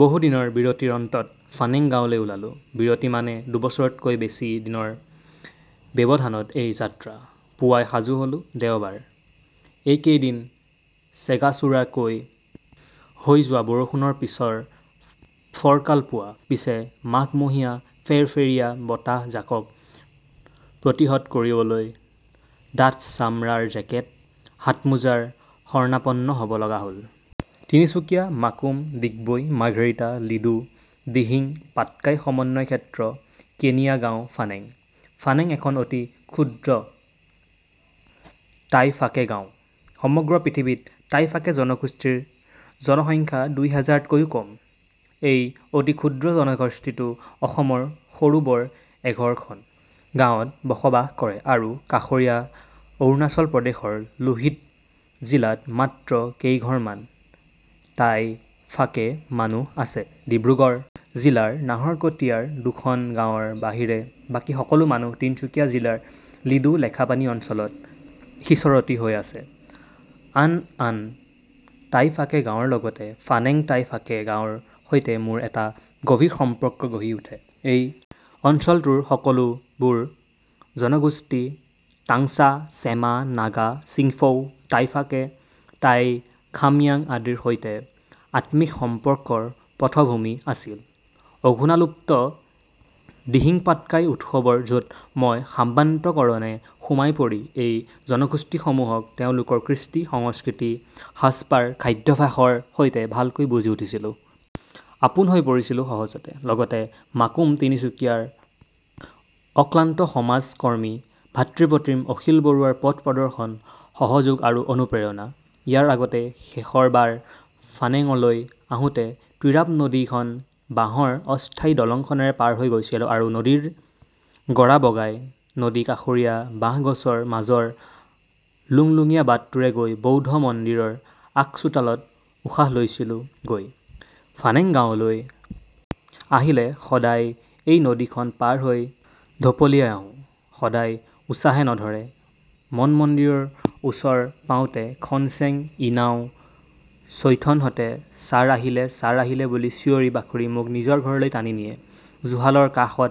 বহু দিনৰ বিৰতিৰ অন্তত ফানেং গাৱঁলৈ ওলালো। বিৰতি মানে দুবছৰতকৈও বেছি দিনৰ ব্যৱধানত এই যাত্ৰা। পুৱাই সাজু হ'লো। দেওবাৰ, এইকেইদিন চেগাচোৰাকৈ হৈ যোৱা বৰষুণৰ পিছৰ ফৰকাল পুৱা। পিচে মাঘমহীয়া ফেৰফেৰীয়া বতাহজাকক প্ৰতিহত কৰিবলৈ ডাঠ ছামৰাৰ জেকেট, হাতমোজাৰ শৰণাপন্ন হ'ব লগা হ'ল। তিনিচুকীয়া, মাকুম, ডিগবৈ, মাৰ্ঘেৰিটা, লিডু, দিহিং পাটকাই সমন্বয় ক্ষেত্ৰ কেনিয়া গাওঁ ফানেং। ফানেং এখন অতি ক্ষুদ্ৰ তাই ফাকে গাওঁ। সমগ্ৰ পৃথিৱীত তাই ফাকে জনগোষ্ঠীৰ জনসংখ্যা দুই হাজাৰতকৈও কম। এই অতিক্ষুদ্ৰ জনগোষ্ঠীটো অসমৰ সৰু বৰ এঘাৰখন গাঁৱত বসবাস কৰে আৰু কাষৰীয়া অৰুণাচল প্ৰদেশৰ লোহিত জিলাত মাত্ৰ কেইঘৰমান তাই ফাকে মানুহ আছে। ডিব্ৰুগড় জিলাৰ নাহৰকটীয়াৰ দুখন গাৱঁৰ বাহিৰে বাকী সকলো মানুহ তিনিচুকীয়া জিলাৰ লিডু লেখাপানী অঞ্চলত সিঁচৰতি হৈ আছে। আন আন তাই ফাকে গাৱঁৰ লগতে ফানেং তাই ফাকে‌ গাৱঁৰ সৈতে মোৰ এটা গভীৰ সম্পৰ্ক গঢ়ি উঠে। এই অঞ্চলটোৰ সকলো বোৰ জনগোষ্ঠী তাংছা, চেমা, নাগা, চিংফৌ, তাই ফাকে, তাই খাময়াং আদিৰ সৈতে আত্মিক সম্পৰ্কৰ পটভূমি আছিল। অধূনালুপ্ত দিহিংপাটকাই উৎসৱৰ য'ত মই সাৰ্বান্ত:কৰণে সোমাই পৰি এই জনগোষ্ঠীসমূহক তেওঁলোকৰ কৃষ্টি, সংস্কৃতি, সাজপাৰ, খাদ্যাভ্যাসৰ সৈতে ভালকৈ বুজি উঠিছিলোঁ। আপোন হৈ পৰিছিলো সহজতে। লগতে মাকুম তিনিচুকীয়াৰ অক্লান্ত সমাজ কৰ্মী ভাতৃপ্ৰতীম অখিল বৰুৱাৰ পথ প্ৰদৰ্শন, সহযোগ আৰু অনুপ্ৰেৰণা। ইয়াৰ আগতে শেষৰবাৰ ফানেঙলৈ আহোঁতে টিৰাপ নদীখন বাঁহৰ অস্থায়ী দলংখনেৰে পাৰ হৈছিলো আৰু নদীৰ গৰা বগাই নদী কাষৰীয়া বাঁহগছৰ মাজৰ লুংলুঙীয়া বাটটোৰে গৈ বৌদ্ধ মন্দিৰৰ আগচোতালত উশাহ লৈছিলো গৈ। ফানেংগাৱঁলৈ আহিলে সদায় এই নদীখন পাৰ হৈ ঢপলিয়াই আহোঁ। সদায় উছাহে নধৰে। মনমন্দিৰৰ ওচৰ পাওঁতে খনচেং, ইনাও, চৈথনহঁতে ছাৰ আহিলে, ছাৰ আহিলে বুলি চিঞৰি বাখৰি মোক নিজৰ ঘৰলৈ টানি নিয়ে। জুহালৰ কাষত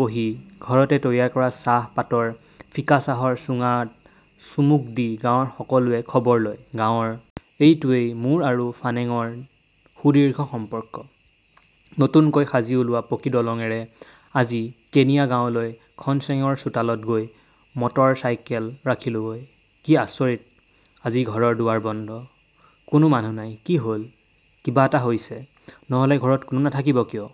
বহি ঘৰতে তৈয়াৰ কৰা চাহ পাতৰ ফিকা চাহৰ চুঙাত চুমুক দি গাঁৱৰ সকলোৰে খবৰ লয়। গাঁৱৰ এইটোৱেই মোৰ আৰু ফানেঙৰ সুদীৰ্ঘ সম্পৰ্ক। নতুনকৈ সাজি উলিওৱা পকী দলঙৰে আজি কেনিয়া গাওঁ লৈ খনচেঙৰ চোতালত গৈ মটৰ চাইকেল ৰাখিলোগৈ। কি আচৰিত আজি ঘৰৰ দুৱাৰ বন্ধ। কোনো মানুহ নাই। কি হ'ল, কিবা এটা হৈছে, নহলে ঘৰত কোনো নাথাকিব কিয়?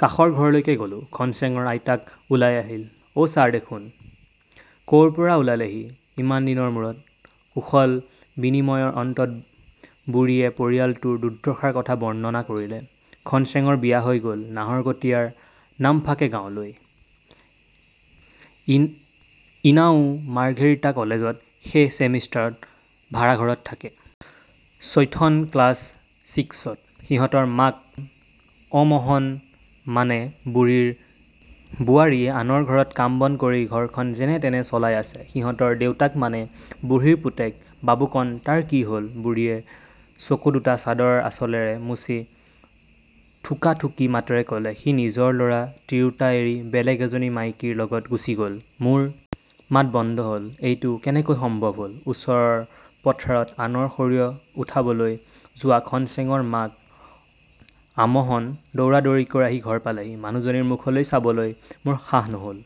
কাষৰ ঘৰলৈকে গলো। খনচেঙৰ আইতাক ওলাই আহিল। অ' ছাৰ দেখোন! ক'ৰ পৰা ওলালহি ইমান দিনৰ মূৰত, কুশল বিনিময়ৰ অন্তত বুঢ়ীয়ে পৰিয়ালটোৰ দুৰ্দশাৰ কথা বৰ্ণনা কৰিলে। খনচেঙৰ বিয়া হৈ গ'ল নাহৰকটীয়াৰ নামফাকে গাঁৱলৈ। ইনাও মাৰ্ঘেৰিটা কলেজত শেষ ছিমেষ্টাৰত ভাৰাঘৰত থাকে। চৈথন ক্লাছ ছিক্সত। সিহঁতৰ মাক অমহন মানে বুঢ়ীৰ বোৱাৰীয়ে আনৰ ঘৰত কাম বন কৰি ঘৰখন যেনে তেনে চলাই আছে। সিহঁতৰ দেউতাক মানে বুঢ়ীৰ পুতেক বাবুকণ তাৰ কি হ'ল বুঢ়ীয়ে চকু দুটা চাদৰৰ আচলেৰে মচি থুকাথুকি মাতেৰে কলে, সি নিজৰ ল'ৰা তিৰোতা এৰি বেলেগ এজনী মাইকীৰ লগত গুচি গ'ল। মোৰ মাত বন্ধ হ'ল। এইটো কেনেকৈ সম্ভৱ হ'ল? ওচৰৰ পথাৰত আনৰ সৰিয়হ উঠাবলৈ যোৱা খনচেঙৰ মাক আমহন্ দৌৰাদৌৰিকৈ আহি ঘৰ পালেহি। মানুহজনীৰ মুখলৈ চাবলৈ মোৰ সাহ নহ'ল।